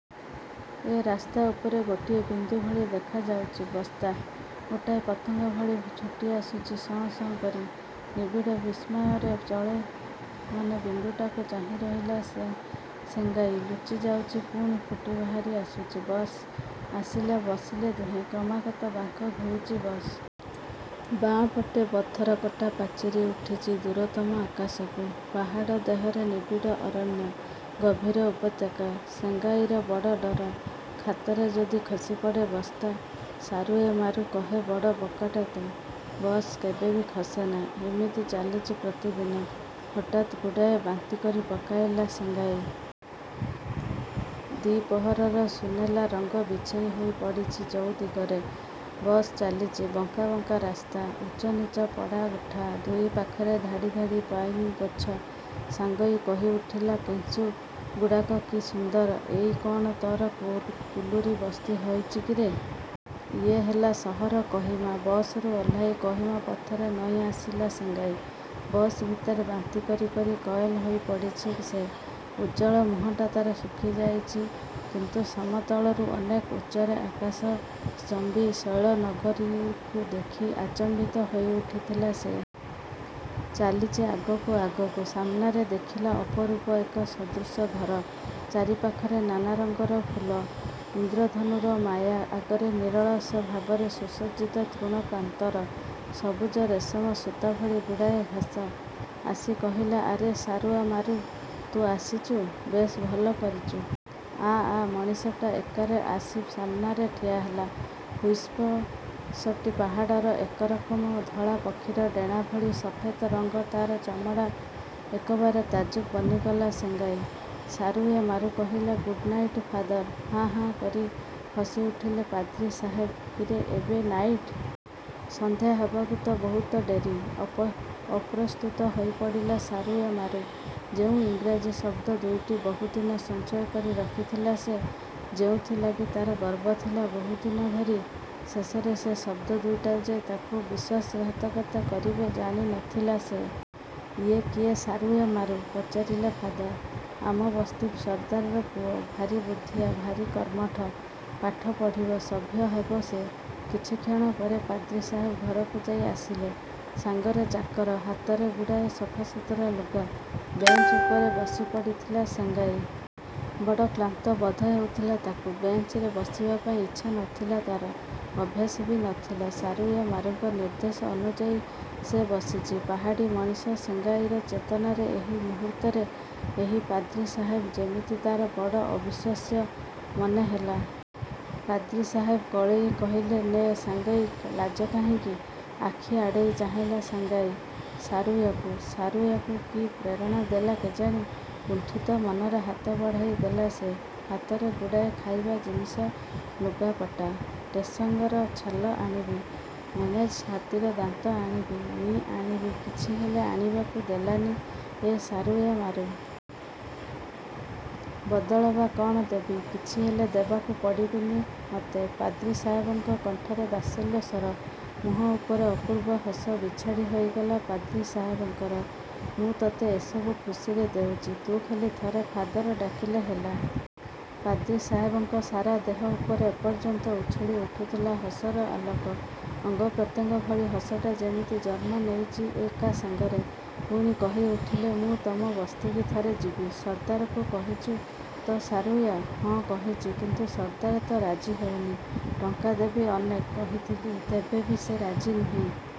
ଏ ରାସ୍ତା ଉପରେ ଗୋଟିଏ ବିନ୍ଦୁ ଭଳି ଦେଖାଯାଉଚି ବସ୍ଟା। ଗୋଟାଏ ପତଙ୍ଗ ଭଳି ଛୁଟିଆସୁଛି ସଁ ସଁ କରି। ନିବିଡ଼ ବିସ୍ମୟରେ ଚଳେମାନ ବିନ୍ଦୁଟାକୁ ଚାହିଁ ରହିଲା ସେ ସେଙ୍ଗାଇ। ଲୁଚି ଯାଉଚି, ପୁଣି ଫୁଟି ବାହାରି ଆସୁଚି। ବସ୍ ଆସିଲା, ବସିଲେ ଦୁହେଁ। କ୍ରମାଗତ ବାଙ୍କ ଘୁରୁଚି ବସ୍। ବାଁ ପଟେ ପଥର କଟା ପାଚିରୀ ଉଠିଚି ଦୂରତମ ଆକାଶକୁ। ପାହାଡ଼ ଦେହରେ ନିବିଡ଼ ଅରଣ୍ୟ, ଗଭୀର ଉପତ୍ୟକା। ସେଙ୍ଗାଇର ବଡ଼ ଡ଼ର, ଖାତରେ ଯଦି ଖସିପଡ଼େ ବସ୍ତା। ସାରୁୟେମାରୁ କହେ ବଡ଼ ବୋକାଟା ତୁ। ବସ କେବେବି ଖସେନା, ଇମିତି ଚାଲିଚି ପ୍ରତିଦିନ। ହଠାତ୍ ଗୁଡ଼ାଏ ବାନ୍ତି କରି ପକାଇଲା ସେଙ୍ଗାଇ। ଦିପହରର ସୁନେଲା ରଙ୍ଗ ବିଛେଇ ହୋଇ ପଡ଼ିଛି ଚଉଦିଗରେ। ବସ୍ ଚାଲିଚି। ବଙ୍କା ବଙ୍କା ରାସ୍ତା। ଉଚ୍ଚନୀଚ, ପଡ଼ା ଉଠା। ଦୁଇ ପାଖରେ ଧାଡ଼ି ଧାଡ଼ି ପାଇନଗଛ। ସାଙ୍ଗଇ କହିଉଠିଲା କେସୁଂ ଗୁଡ଼ାକ କି ସୁନ୍ଦର। ଏଇ କ'ଣ ତୋର କୁଲ୍ କୁଲୁରୀ ବସ୍ତି ହୋଇଚି କିରେ! ଇଏ ହେଲା ସହର କୋହିମା। ବସରୁ ଓହ୍ଲେଇ କୋହିମା ପଥରେ ନଇଁ ଆସିଲା ସେଙ୍ଗାଇ। ବସ ଭିତରେ ବାନ୍ତି କରି କରି କଏଲ୍ ହୋଇପଡ଼ିଛି ସେ। ଉଜ୍ଜ୍ୱଳ ମୁହଁଟା ତାର ଶୁଖିଯାଇଛି କିନ୍ତୁ ସମତଳରୁ ଅନେକ ଉଚ୍ଚରେ ଆକାଶଶ୍ଚମ୍ବୀ ଶୈଳନଗରୀକୁ ଦେଖି ଆଚମ୍ବିତ ହୋଇଉଠିଥିଲା ସେ। ଚାଲିଚି ଆଗକୁ ଆଗକୁ। ସାମନାରେ ଦେଖିଲା ଅପରୂପ ଏକ ସଦୃଶ ଘର। ଚାରିପାଖରେ ନାନା ରଙ୍ଗର ଫୁଲ। ଇନ୍ଦ୍ରଧନୁର ମାୟା। ଆଗରେ ନିରଳସ ଭାବରେ ସୁସଜ୍ଜିତ ତୃଣପ୍ରାନ୍ତର। ସବୁଜ ରେଶମ ସୂତା ଭଳି ଗୁଡ଼ାଏ ଘାସ। ଆସି କହିଲା ଆରେ ସାରୁଆମାରୁ! ତୁ ଆସିଚୁ? ବେଶ ଭଲ କରିଚୁ। ଆ ଆ। ମଣିଷଟା ଏକ୍ବାରେ ଆସି ସାମନାରେ ଠିଆହେଲା। ହୁଇସପସଟି ପାହାଡ଼ର ଏକରକମ ଧଳା ପକ୍ଷୀର ଡ଼େଣା ଭଳି ସଫେତ ରଙ୍ଗ ତାର ଚମଡ଼ା। ଏକବାର ତାଜୁବ ବନିଗଲା ସେଙ୍ଗାଇ। ସାରୁୟେମାରୁ କହିଲା ଗୁଡ଼ନାଇଟ୍ ଫାଦର। ହାଁ ହାଁ କରି ହସିଉଠିଲେ ପାଦ୍ରୀ ସାହେବ କିରେ ଏବେ ନାଇଟ! ସନ୍ଧ୍ୟା ହେବାକୁ ତ ବହୁତ ଡେରି! ଅପ ଅପ୍ରସ୍ତୁତ ହୋଇପଡ଼ିଲା ସାରୁୟେମାରୁ। ଯେଉଁ ଇଂରେଜୀ ଶବ୍ଦ ଦୁଇଟି ବହୁଦିନୁ ସଞ୍ଚୟ କରିରଖିଥିଲା ସେ, ଯେଉଁଥିଲାଗି ତାର ଗର୍ବ ଥିଲା ବହୁଦିନ ଧରି, ଶେଷରେ ସେ ଶବ୍ଦ ଦୁଇଟା ଯେ ତାକୁ ବିଶ୍ୱାସଘାତକତା କରିବେ ଜାଣି ନଥିଲା ସେ। ଇଏ କିଏ ସାରୁୟାମାରୁ! ପଚାରିଲା ଫାଦର। ଆମ ବସ୍ତି ସର୍ଦ୍ଦାରର ପୁଅ। ଭାରି ବୁଦ୍ଧିଆ, ଭାରି କର୍ମଠ। ପାଠ ପଢ଼ିବ, ସଭ୍ୟ ହେବ ସେ। କିଛିକ୍ଷଣ ପରେ ପାଦ୍ରୀ ସାହେବ ଘରକୁ ଯାଇ ଆସିଲେ। ସାଙ୍ଗରେ ଚାକର। ହାତରେ ଗୁଡ଼ାଏ ସଫାସୁତୁରା ଲୁଗା। ବେଞ୍ଚ ଉପରେ ବସି ପଡ଼ିଥିଲା ସେଙ୍ଗାଇ। ବଡ଼ କ୍ଳାନ୍ତ ବୋଧ ହେଉଥିଲା ତାକୁ। ବେଞ୍ଚରେ ବସିବା ପାଇଁ ଇଚ୍ଛା ନ ଥିଲା ତାର। ଅଭ୍ୟାସ ବି ନ ଥିଲା। ସାରୁୟେମାରୁଙ୍କ ନିର୍ଦ୍ଦେଶ ଅନୁଯାୟୀ ସେ ବସିଚି। ପାହାଡ଼ୀ ମଣିଷ ସେଙ୍ଗାଇର ଚେତନାରେ ଏହି ମୁହୂର୍ତ୍ତରେ ଏହି ପାଦ୍ରୀ ସାହେବ ଯେମିତି ତାର ବଡ଼ ଅବିଶ୍ୱାସ୍ୟ ମନେ ହେଲା। ପାଦ୍ରୀ ସାହେବ କୋଳେଇ କହିଲେ ନେ ସାଙ୍ଗାଇ, ଲାଜ କାହିଁକି? ଆଖି ଆଡ଼େଇ ଚାହିଁଲା ସାଙ୍ଗାଇ ସାରୁୟାକୁ। ସାରୁୟାକୁ କି ପ୍ରେରଣାଦେଲା କେଜାଣି, କୁଣ୍ଠିତ ମନରେ ହାତ ବଢ଼ାଇ ଦେଲା ସେ। ହାତରେ ଗୁଡ଼ାଏ ଖାଇବା ଜିନିଷ, ଲୁଗାପଟା। ଟେସଙ୍ଗର ଛାଲ ଆଣିବି, ମେନଜ୍ ହାତୀର ଦାନ୍ତ ଆଣିବି, ମି ଆଣିବି କିଛି ହେଲେ ଆଣିବାକୁ ଦେଲାନି ଏ ସାରୁୟେମାରୁ। ବଦଳ ବା କ'ଣ ଦେବି? ''କିଛି ହେଲେ ଦେବାକୁ ପଡ଼ିବିନି ମତେ'' ପାଦ୍ରୀ ସାହେବଙ୍କ କଣ୍ଠରେ ବାତ୍ସଲ୍ୟସ୍ୱର। ମୁହଁ ଉପରେ ଅପୂର୍ବ ହସ ବିଛାଡ଼ି ହୋଇଗଲା ପାଦ୍ରୀ ସାହେବଙ୍କର। ମୁଁ ତତେ ଏସବୁ ଖୁସିରେ ଦେଉଚି, ତୁ ଖାଲି ଥରେ ଫାଦର ଡାକିଲେ ହେଲା। ପାଦ୍ରୀ ସାହେବଙ୍କ ସାରା ଦେହ ଉପରେ ଏପର୍ଯ୍ୟନ୍ତ ଉଛୁଳି ଉଠୁଥିଲା ହସର ଆଲୋକ। ଅଙ୍ଗପ୍ରତ୍ୟଙ୍ଗ ଭଳି ହସଟା ଯେମିତି ଜନ୍ମ ନେଇଚି ଏକା ସାଙ୍ଗରେ। ପୁଣି କହିଉଠଲେ, ''ମୁଁ ତମ ବସ୍ତିକି ଥରେ ଯିବି, ସର୍ଦ୍ଦାରକୁ କହିଚୁ ତ ସାରୁୟା!'' ହଁ କହିଚି, କିନ୍ତୁ ସର୍ଦ୍ଦାର ତ ରାଜି ହେଉନି। ଟଙ୍କା ଦେବି ଅନେକ। କହିଥିଲି। ତେବେ ବି ସେ ରାଜି ନୁହେଁ।